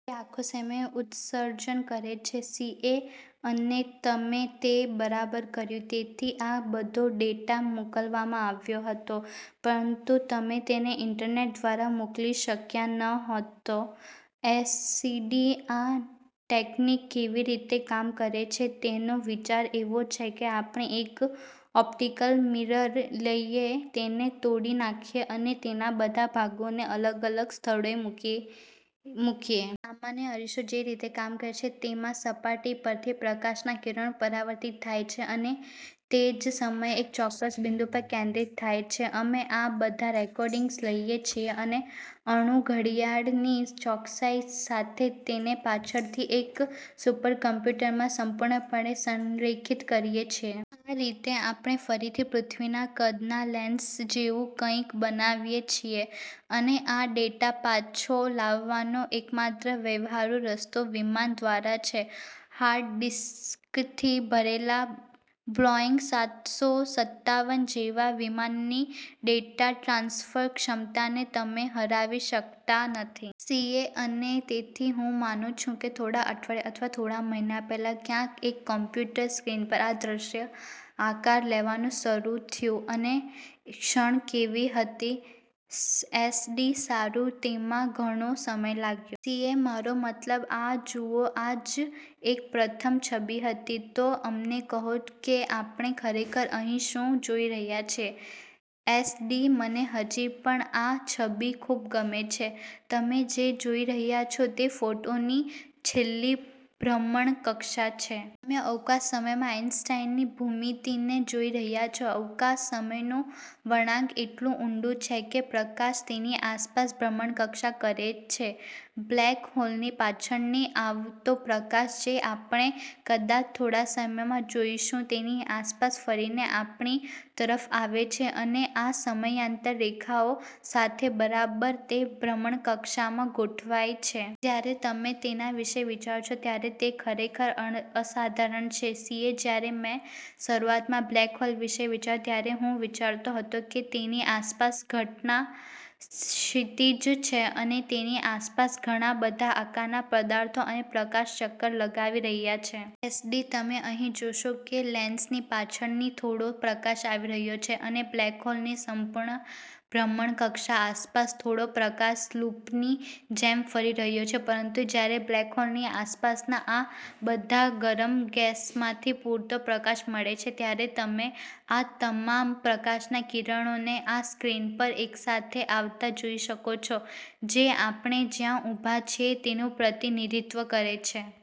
તે આખો સમય ઉત્સર્જન કરે છે. સીએ: અને તમે તે બરાબર કર્યું. તેથી આ બધો ડેટા મોકલવામાં આવ્યો હતો, પરંતુ તમે તેને ઇન્ટરનેટ દ્વારા મોકલી શક્યા ન હોત. એસડી: આ ટેકનિક કેવી રીતે કામ કરે છે તેનો વિચાર એવો છે કે આપણે એક ઓપ્ટિકલ મિરર લઈએ, તેને તોડી નાખીએ અને તેના બધા ભાગોને અલગ-અલગ સ્થળોએ મૂકીએ. સામાન્ય અરીસો જે રીતે કામ કરે છે, તેમાં સપાટી પરથી પ્રકાશના કિરણો પરાવર્તિત થાય છે અને તે જ સમયે એક ચોક્કસ બિંદુ પર કેન્દ્રિત થાય છે. અમે આ બધા રેકોર્ડિંગ્સ લઈએ છીએ અને અણુ ઘડિયાળની ચોકસાઈ સાથે તેમને પાછળથી એક સુપરકમ્પ્યુટરમાં સંપૂર્ણપણે સંરેખિત કરીએ છીએ. આ રીતે આપણે ફરીથી પૃથ્વીના કદના લેન્સ જેવું કંઈક બનાવીએ છીએ. અને આ ડેટા પાછો લાવવાનો એકમાત્ર વ્યવહારુ રસ્તો વિમાન દ્વારા છે. હાર્ડ ડિસ્કથી ભરેલા બોઇંગ સાતસો સત્તાવન જેવા વિમાનની ડેટા ટ્રાન્સફર ક્ષમતાને તમે હરાવી શકતા નથી. સીએ: અને તેથી, હું માનું છું કે થોડા અઠવાડિયા અથવા થોડા મહિના પહેલાં, ક્યાંક એક કમ્પ્યુટર સ્ક્રીન પર આ દૃશ્ય આકાર લેવાનું શરૂ થયું. એ ક્ષણ કેવી હતી? એસડી: સારું, તેમાં ઘણો સમય લાગ્યો. સીએ: મારો મતલબ, આ જુઓ. આ જ એ પ્રથમ છબી હતી. તો અમને કહો કે આપણે ખરેખર અહીં શું જોઈ રહ્યા છીએ. એસડી: મને હજી પણ આ છબી ખૂબ ગમે છે. તમે જે જોઈ રહ્યા છો તે ફોટોનની છેલ્લી ભ્રમણકક્ષા છે. તમે અવકાશ-સમયમાં આઈન્સ્ટાઈનની ભૂમિતિને જોઈ રહ્યા છો. અવકાશ-સમયનું વળાંક એટલું ઊંડું છે કે પ્રકાશ તેની આસપાસ ભ્રમણકક્ષા કરે છે. બ્લેક હોલની પાછળથી આવતો પ્રકાશ, જે આપણે કદાચ થોડા સમયમાં જોઈશું, તેની આસપાસ ફરીને આપણી તરફ આવે છે અને આ સમાંતર રેખાઓ સાથે બરાબર તે ભ્રમણકક્ષામાં ગોઠવાય છે. જ્યારે તમે તેના વિશે વિચારો છો, ત્યારે તે ખરેખર અસાધારણ છે. સીએ: જ્યારે મેં શરૂઆતમાં બ્લેક હોલ વિશે વિચાર્યું, ત્યારે હું વિચારતો હતો કે તેની આસપાસ ઘટના ક્ષિતિજ છે અને તેની આસપાસ ઘણા બધા આકારના પદાર્થો અને પ્રકાશ ચક્કર લગાવી રહ્યા છે. એસડી: તમે અહીં જોશો કે લેન્સની પાછળથી થોડો પ્રકાશ આવી રહ્યો છે અને બ્લેક હોલની સંપૂર્ણ ભ્રમણકક્ષા આસપાસ થોડો પ્રકાશ લૂપની જેમ ફરી રહ્યો છે. પરંતુ જ્યારે બ્લેક હોલની આસપાસના આ બધા ગરમ ગેસમાંથી પૂરતો પ્રકાશ મળે છે, ત્યારે તમે આ તમામ પ્રકાશનાં કિરણોને આ સ્ક્રીન પર એકસાથે આવતા જોઈ શકો છો, જે આપણે જ્યાં ઊભા છીએ તેનું પ્રતિનિધિત્વ કરે છે.